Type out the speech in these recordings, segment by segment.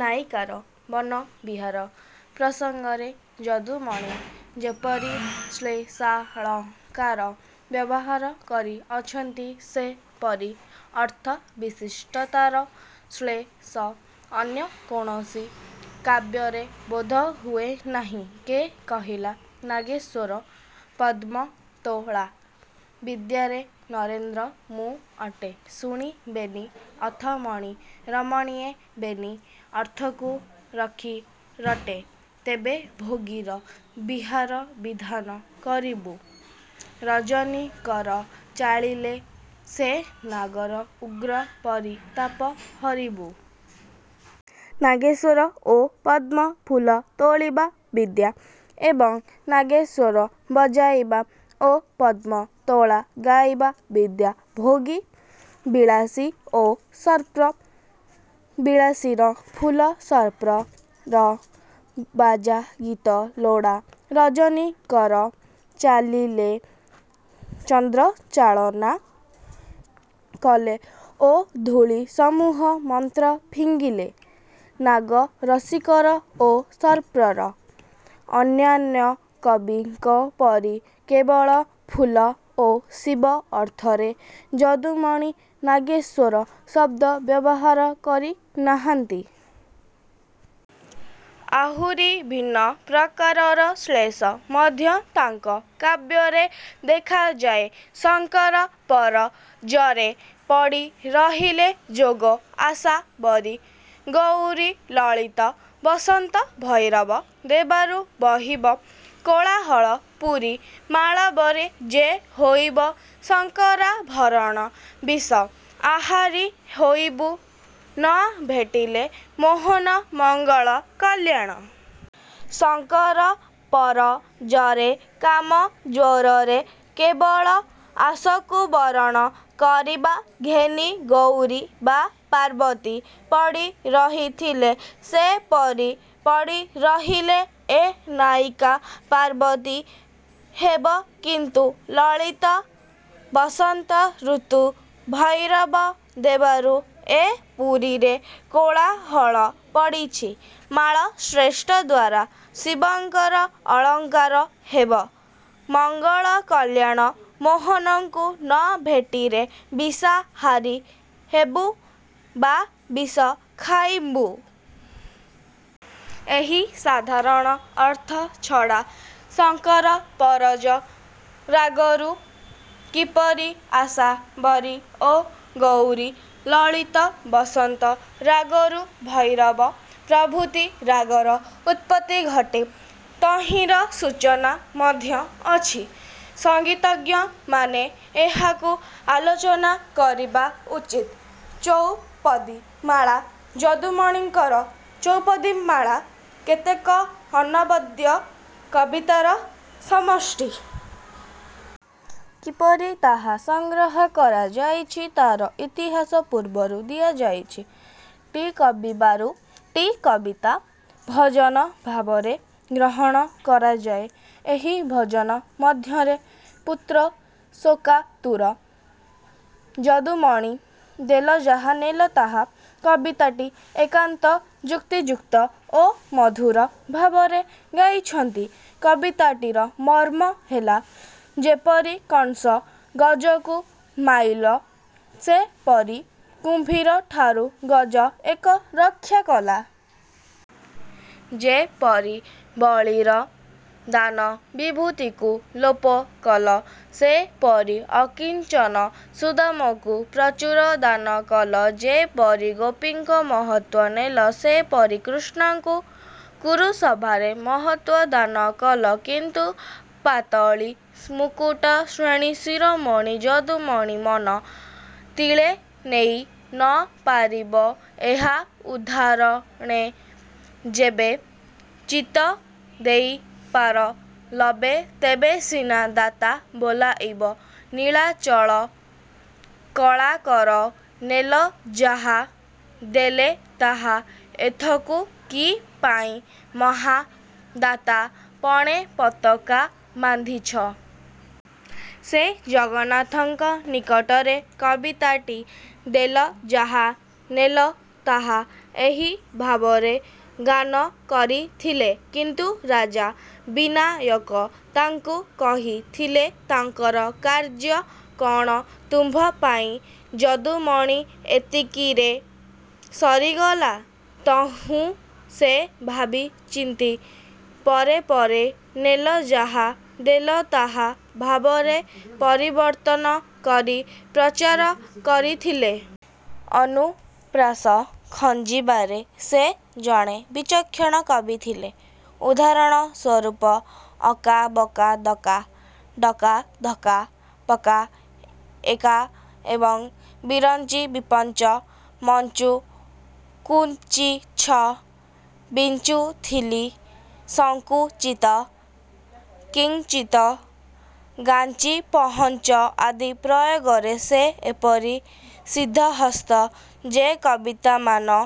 'ନାୟିକାର ବନବିହାର ପ୍ରସଙ୍ଗରେ ଯଦୁମଣି ଯେପରି ଶ୍ଳେଷାଳଙ୍କାର ବ୍ୟବହାର କରିଅଛନ୍ତି, ସେପରି ଅର୍ଥ- ବିଶିଷ୍ଟତାର ଶ୍ଲେଷ ଅନ୍ୟ କୌଣସି କାବ୍ୟରେ ବୋଧହୁଏ ନାହିଁ। କେ କହିଲା ନାଗେଶ୍ୱର ପଦ୍ମତୋଳା ବିଦ୍ୟାରେ ନରେନ୍ଦ୍ର ମୁଁ ଅଟେ ଶୁଣି ବେନି ଅଥ ମଣି ରମଣୀଏ ବେନି ଅର୍ଥକୁ ରଖି ରଟେ ତେବେ ଭୋଗୀର ବିହାର ବିଧାନ କରିବୁ ରଜନୀ କର ଚାଳିଲେ ସେ ନାଗର ଉଗ୍ର ପରିତାପ ହରିବୁ। ''ନାଗେଶ୍ୱର ଓ ପଦ୍ମଫୁଲ ତୋଳିବା ବିଦ୍ୟା ଏବଂ ନାଗେଶ୍ୱର ବଜାଇବା ଓ ପଦ୍ମତୋଳା ଗାଇବା ବିଦ୍ୟା। ଭୋଗୀ−ବିଳାସୀ ଓ ସର୍ପ, ବିଳାସୀର ଫୁଲ, ସର୍ପର ବାଜାଗୀତ ଲୋଡ଼ା। ରଜନୀକର ଚାଲିଲେ-ଚନ୍ଦ୍ର ଚାଳନା କଲେ ଓ ଧୂଳି ସମୂହ ମନ୍ତ୍ର ଫିଙ୍ଗିଲେ। ନାଗ−ରସିକର ଓ ସର୍ପର। ''ଅନ୍ୟାନ୍ୟ କବିଙ୍କ ପରି କେବଳ ଫୁଲ ଓ ଶିବ ଅର୍ଥରେ ଯଦୁମଣି 'ନାଗେଶ୍ୱର' ଶବ୍ଦ ବ୍ୟବହାର କରି ନାହାନ୍ତି। ଆହୁରି ଭିନ୍ନ ପ୍ରକାରର ଶ୍ଲେଷ। ମଧ୍ୟ ତାଙ୍କ କାବ୍ୟରେ ଦେଖାଯାଏ। ଶଙ୍କର ପର−ଜରେ ପଡ଼ିରହିଲେ ଯୋଗ ଆଶାବରୀ ଗଉରୀ ଲଳିତ ବସନ୍ତ ଭୈରବ ଦେବାରୁ ବହିବ କୋଳାହଳ ପୁରୀ ମାଳବରେ ଯେ, ହୋଇବ ଶଙ୍କରାଭରଣ ବିଷ ଆହାରି ହୋଇବୁ ନ ଭେଟିଲେ ମୋହନ ମଙ୍ଗଳ କଲ୍ୟାଣ! ଶଙ୍କରପର−ଜରେ−କାମଜ୍ୱରରେ, କେବଳ ଆଶକୁ ବରଣ କରିବା ଘେନି ଗୌରୀ ବା ପାର୍ବତୀ ପଡ଼ି ରହିଥିଲେ। ସେପରି ପଡ଼ି ରହିଲେ ଏ ନାୟିକା ପାର୍ବତୀ ହେବ। କିନ୍ତୁ ଲଳିତ ବସନ୍ତ ଋତୁ ଭୈରବ ଦେବାରୁ ଏ ପୁରୀରେ କୋଳାହଳ ପଡ଼ିଛି। ମାଳ−ଶ୍ରେଷ୍ଠଦ୍ୱାରା ଶିବଙ୍କର ଅଳଙ୍କାର ହେବ। ମଙ୍ଗଳ କଲ୍ୟାଣ ମୋହନଙ୍କୁ ନ ଭେଟିରେ ବିଷାହାରୀ ହେବୁ ବା ବିଷ ଖାଇବୁଁ। ଏହି ସାଧାରଣ ଅର୍ଥ ଛଡ଼ା ଶଙ୍କର ପରଜ ରାଗରୁ କିପରି ଆଶାବରୀ ଓ ଗୌରୀ, ଲଳିତ ବସନ୍ତ ରାଗରୁ ଭୈରବ ପ୍ରଭୃତି ରାଗର ଉତ୍ପତ୍ତି ଘଟେ, ତହିଁର ସୂଚନା ମଧ୍ୟ ଅଛି। ସଙ୍ଗୀତଜ୍ଞମାନେ ଏହାକୁ ଆଲୋଚନା କରିବା ଉଚିତ। " ଚଉପଦୀମାଳା ଯଦୁମଣିଙ୍କର ଚଉପଦୀମାଳା କେତେକ ଅନବଦ୍ୟ କବିତାର ସମଷ୍ଟି। କିପରି ତାହା ସଂଗ୍ରହ କରାଯାଇଛି ତାର ଇତିହାସ ପୂର୍ବରୁ ଦିଆଯାଇଛି। ଟି କବିବାରୁ ଟି କବିତା ଭଜନ ଭାବରେ ଗ୍ରହଣ କରାଯାଏ। ଏହି ଭଜନ ମଧ୍ୟରେ ପୁତ୍ରଶୋକାତୁର ଯଦୁମଣି 'ଦେଲ ଯାହା ନେଲ ତାହା' କବିତାଟି ଏକାନ୍ତ ଯୁକ୍ତିଯୁକ୍ତ ଓ ମଧୁର ଭାବରେ ଗାଇଛନ୍ତି। କବିତାଟିର ମର୍ମ୍ମହେଲା- ଯେପରି କଂସ ଗଜକୁ ମାଇଲ, ସେପରି କୁମ୍ଭୀରଠାରୁ ଗଜ ଏକ ରକ୍ଷା କଲା। ଯେପରି ବଳୀର ଦାନ ବିଭୂତିକୁ ଲୋପକଲ, ସେପରି ଅକିଞ୍ଚନ ସୁଦାମକୁ ପ୍ରଚୁର ଦାନକଲ। ଯେପରି ଗୋପୀଙ୍କ ମହତ୍ୱ ନେଲ, ସେପରି କୃଷ୍ଣାଙ୍କୁ କୁରୁସଭାରେ ମହତ୍ୱ ଦାନକଲ। କିନ୍ତୁ- ପାତଳୀ ମୁକୁଟ ଶ୍ରେଣୀ ଶିରୋମଣି ଯଦୁମଣି ମନ ତିଳେ ନେଇ ନ ପାରିବ ଏହା ଉଦ୍ଧାରଣେ ଯେବେ ଚିତ୍ତ ଦେଇପାର ଲବେ ତେବେସିନା ଦାତା ବୋଲାଇବ ନୀଳାଚଳ କଳାକର ନେଲ ଯାହା ଦେଲେ ତାହା ଏଥକୁ କିପାଇଁ ମହା− ଦାତା ପଣେ ପତକା ବାନ୍ଧିଛ? ସେ ଜଗନ୍ନାଥଙ୍କ ନିକଟରେ କବିତାଟି ଦେଲ ଯାହା ନେଲ ତାହା ଏହି ଭାବରେ ଗାନ କରିଥିଲେ। କିନ୍ତୁ ରାଜା ବିନାୟକ ତାଙ୍କୁ କହିଥିଲେ, ତାଙ୍କର କାର୍ଯ୍ୟ କ'ଣ ତୁମ୍ଭପାଇଁ ଯଦୁମଣି ଏତିକିରେ ସରିଗଲା? ତହୁଁ ସେ ଭାବିଚିନ୍ତି ପରେ ପରେ ''ନେଲ ଯାହା−ଦେଲ ତାହା" ଭାବରେ ପରିବର୍ତ୍ତନ କରି ପ୍ରଚାର କରିଥିଲେ। ଅନୁପ୍ରାସ ଖଞ୍ଜିବାରେ ସେ ଜଣେ ବିଚକ୍ଷଣ କବି ଥିଲେ। ଉଦାହରଣ ସୂରୁପ କକା, ବକା, ଦକା ଡକା ଧକ୍କା, ପକ୍କା, ଏକା ଏବଂ ବିରଞ୍ଚି, ବିପଞ୍ଚ, ମଞ୍ଚୁ, କୁଞ୍ଚିଚ୍ଛ, ବିଂଚୁଥିଲି, ସଂକୁଚିତ, କିଂଚିତ, ଗାଞ୍ଚି ପହଞ୍ଚ ଆଦି ପ୍ରୟୋଗ ରେ ସେ ଏପରି ସିଦ୍ଧହସ୍ତ ଯେ କବିତାମାନ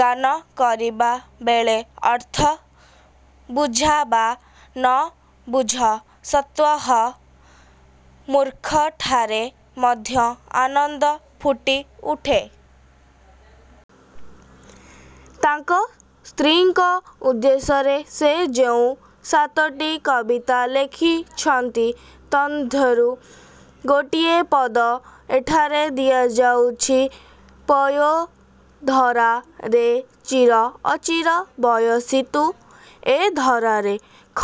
ଗାନକରିବାବେଳେ ଅର୍ଥ ବୁଝାବା ନବୁଝ ସ୍ୱତଃ ମୁର୍ଖଠାରେ ମଧ୍ୟ ଆନନ୍ଦ ଫୁଟିଉଠେ। ତାଙ୍କ ସ୍ତ୍ରୀଙ୍କ ଉଦ୍ଦେଶ୍ୟରେ ସେ ଯେଉଁ ସାତଟି କବିତା ଲେଖିଛନ୍ତି, ତନ୍ମଧ୍ୟରୁ ଗୋଟିଏ ପଦ ଏଠାରେ ଦିଆଯାଉଛି। ପୟୋଧରାରେ ଚିର ଅଚିର ବୟସୀ ତୁ ଏ ଧରାରେ।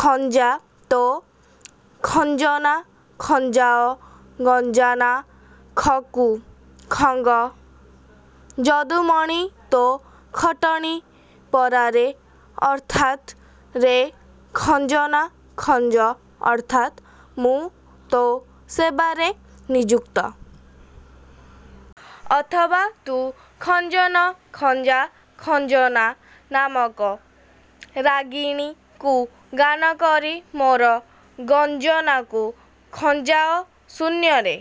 ଖଞ୍ଜା ତୋ ଖଞ୍ଜନା ଖଞ୍ଜାଅ ଗଞ୍ଜନା ଖକୁ ଖଙ୍ଗ ଯଦୁମଣି ତୋ ଖଟଣି ପରାରେ। ଅର୍ଥାତ ରେ ଖଞ୍ଜନା ଖଞ୍ଜ ଅର୍ଥାତ୍ ମୁଁ ତୋ ସେବାରେ ନିଯୁକ୍ତ-। ଅଥବା ତୁ ଖଞ୍ଜନ ଖଞ୍ଜା-ଖଞ୍ଜନା ନାମକ ରାଗିଣୀକୁ ଗାନକରି, ମୋର ଗଞ୍ଜନାକୁ ଖଞ୍ଜାଅ-ଶୂନ୍ୟରେ।